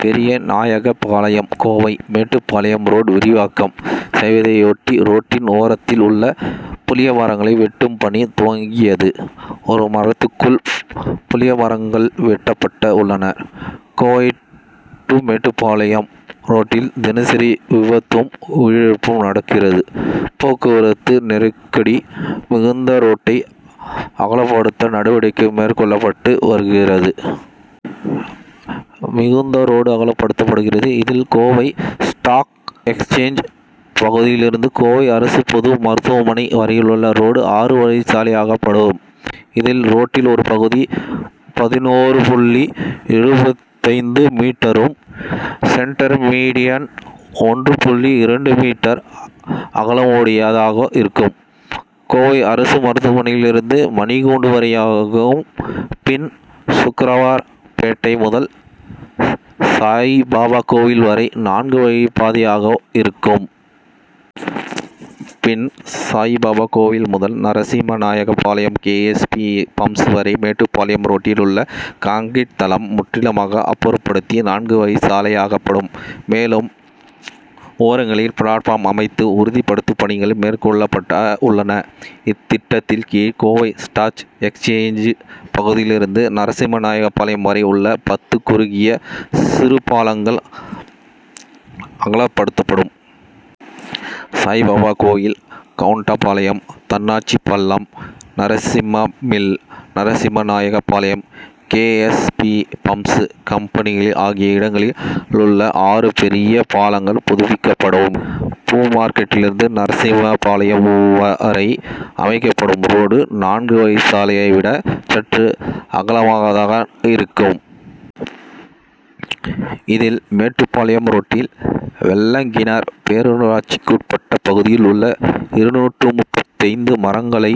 பெ. நா. பாளையம் கோவை மேட்டுப்பாளையம் ரோடு விரிவாக்கம் செய்வதையொட்டி ரோட்டின் ஓரத்தில் உள்ள புளியமரங்களை வெட் டும் பணி துவங்கியது. ஒரு மாதத்துக்குள் புளியமரங் கள் வெட்டப்பட்ட உள்ளன. கோவை-மேட்டுப்பாளைம் ரோட்டில் தினசரி விபத்தும், உயிரிழப்பும் நடக்கிறது. போக் குவரத்து நெருக்கடி மிகுந்த ரோட்டை அகலப்படுத்த நடவடிக்கை மேற்கொள்ளப்பட்டு வருகிறது. மீ., ரோடு அகலப்படுத்தப்படுகிறது. இதில், கோவை ஸ்டாக் எக்ஸ்சேஞ்ச் பகுதியிலிருந்து கோவை அரசு பொது மருத்துவமனை வரையுள்ள ரோடு ஆறு வழிச்சாலையாக்கப்படும். இதில், ரோட்டின் ஒரு பகுதி பதினொன்று புள்ளி எழுபத்தைந்து மீட்டரும், சென்டர் மீடியன் ஒன்று புள்ளி இரண்டு மீட்டர் அகலமுடையதாக இருக்கும். கோவை அரசு மருத்துவமனையில் இருந்து மணிக்கூண்டு வரையாவும், பின், சுக்ரவார் பேட்டை முதல் சாயிபாபா கோவில் வரை நான்கு வழிப்பாதையாக இருக்கும். பின், சாயிபாபா கோவில் முதல் Narasimhanaickenpalayam K. S. B., pumps வரை மேட்டுப்பாளையம் ரோட்டில் உள்ள கான்கிரீட் தளம் முற்றிலுமாக அப்புறப்படுத்தி, நான்குவழிச் சாலையாக்கப்படும். மேலும், ஓரங்களில் பிளாட்பார்ம் அமைத்து உறுதிப்படுத்தும் பணிகள் மேற்கொள்ளப்பட்ட உள்ளன. இத்திட்டத்தின் கீழ் கோவை ஸ்டாக் எக்ஸ்சேஞ்ச் பகுதியிலிருந்து நரசிம்மநாயக்கன்பாளையம் வரை உள்ள பத்து குறுகிய சிறுபாலங்கள், அகலப்படுத்தப்படும். சாய்பாபா கோவில், Goundampalayam, Thannasi Pallam, Narasimha mill, Narasimhanaickenpalayam, K. S. B. Pumps company ஆகிய இடங்களில் உள்ள ஆறு பெரிய பாலங்கள் புதுப்பிக்கப்படும். பூ மார்கெட்டிலிருந்து நரசிம்மபாளையம் வரை அமைக்கப்படும் ரோடு, நான்கு வழிச்சாலையை விட சற்று அகலமானதாக இருக்கும். இதில், மேட்டுப்பாளையம் ரோட்டில் வெள்ளக்கிணர் பேரூராட்சிக்குட்பட்ட பகுதியில் உள்ள இருநூற்று முப்பத்தைந்து மரங்களை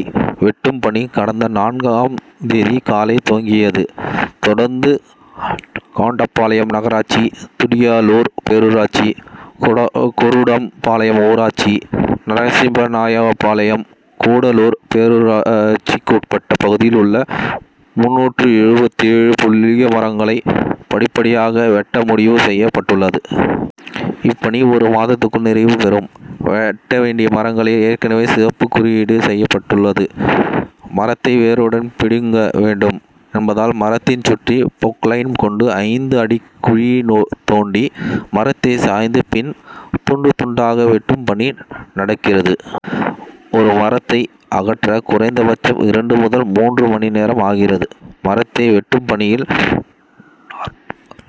வெட்டும் பணி கடந்த நான்காம் தேதி காலை துவங்கியது. தொடர்ந்து கவுண்டம்பாளையம் நகராட்சி, துடியலூர் பேரூராட்சி, குருடம்பாளையம் ஊராட்சி, நரசிம்மநாயக்கன்பாளையம், கூடலூர் பேரூராட்சிக்குட்பட்ட பகுதியில் உள்ள முந்நூற்று எழுபத்தேழு புளியமரங்களை படிப்படியாக வெட்ட முடிவு செய்யப் பட்டுள்ளது. இப்பணி ஒரு மாதத்துக்குள் நிறைவு பெறும். வெட்ட வேண்டிய மரங்கள் ஏற்கனவே சிவப்பு குறியீடு செய்யப்பட் டுள்ளது. மரத்தை வேருடன் பிடுங்க வேண்டும் என்பதால், மரத்தை சுற்றி பொக்லைன் கொண்டு ஐந்து அடிக்கு குழி தோண்டி மரத்தை சாய்த்து பின் துண்டு, துண்டாக வெட்டும் பணி நடக்கிறது. ஒரு மரத்தை அகற்ற குறைந்த பட்சம் இரண்டு முதல் மூன்று மணி நேரம் ஆகிறது. மரத்தை வெட்டும் பணியில்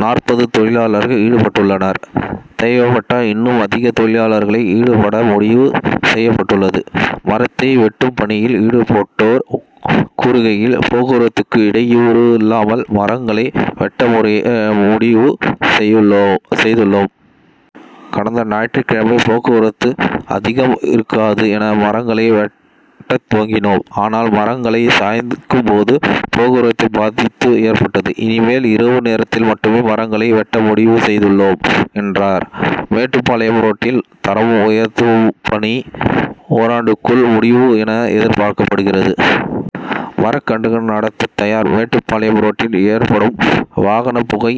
நாற்பது தொழிலாளர்கள் ஈடுபட்டுள்ளனர். தேவைப்பட்டால் இன்னும் அதிக தொழிலாளர்களை ஈடுபட முடிவு செய்யப்பட் டுள்ளது. மரத்தை வெட்டும் பணியில் ஈடுபட்டோர் கூறுகையில், போக்குவரத்துக்கு இடை யூறு இல்லாமல் மரங்களை வெட்ட முடிவு செய்துள் ளோம். கடந்த ஞாயிற்றுக்கிழமை போக்குவரத்து அதிகம் இருக் காது என மரங்களை வெட்டத் துவங்கினோம். ஆனால், மரங்களை சாய்க்கும் போது போக்குவரத்து பாதிப்பு ஏற்பட்டது. இனிமேல் இரவு நேரத்தில் மட்டும் மரங்களை வெட்ட முடிவு செய்துள்ளோம் என்றார். மேட்டுப்பாளையம் ரோட்டை தரம் உயர்த்தும் பணி ஓராண்டுக்குள் முடியும் என எதிர்பார்க்கப்படுகிறது. மரக்கன்று நடத் தயார் மேட்டுப்பாளையம் ரோட்டில் ஏற்படும் வாகன புகை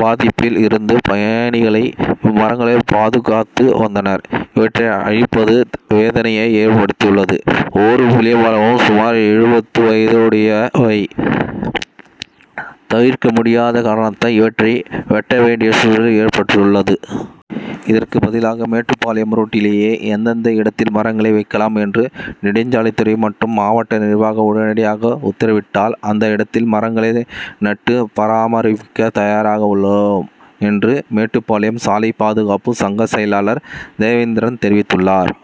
பாதிப்பில் இருந்து பயணிகளை இம்மரங்கள் பாதுகாத்து வந்தன. இவற்றை அழிப்பது வேதனையை ஏற்படுத்தி உள் ளது. ஒவ்வொரு புளியமரமும் சுமார் எழுபது வயதுடையவை. தவிர்க்க முடியாத காரணத்தை இவற்றை வெட்ட வேண்டிய சூழல் ஏற்பட் டுள்ளது. இதற்கு பதிலாக மேட்டுப்பாளையம் ரோட் டிலேயே எந்தெந்த இடத்தில் மரங்களை வைக்கலாம் என்று நெடுஞ்சாலைத்துறை மற்றும் மாவட்ட நிர்வாகம் உடனடியாக உத்தரவிட்டால், அந்த இடங்களில் மரங்களை நட்டு பராமரிக்க தயாராக உள்ளோம் என்று மேட்டுப்பாளையம் சாலை பாதுகாப்பு சங்க செயலாளர் தேவேந்திரன் தெரிவித்துள்ளார்.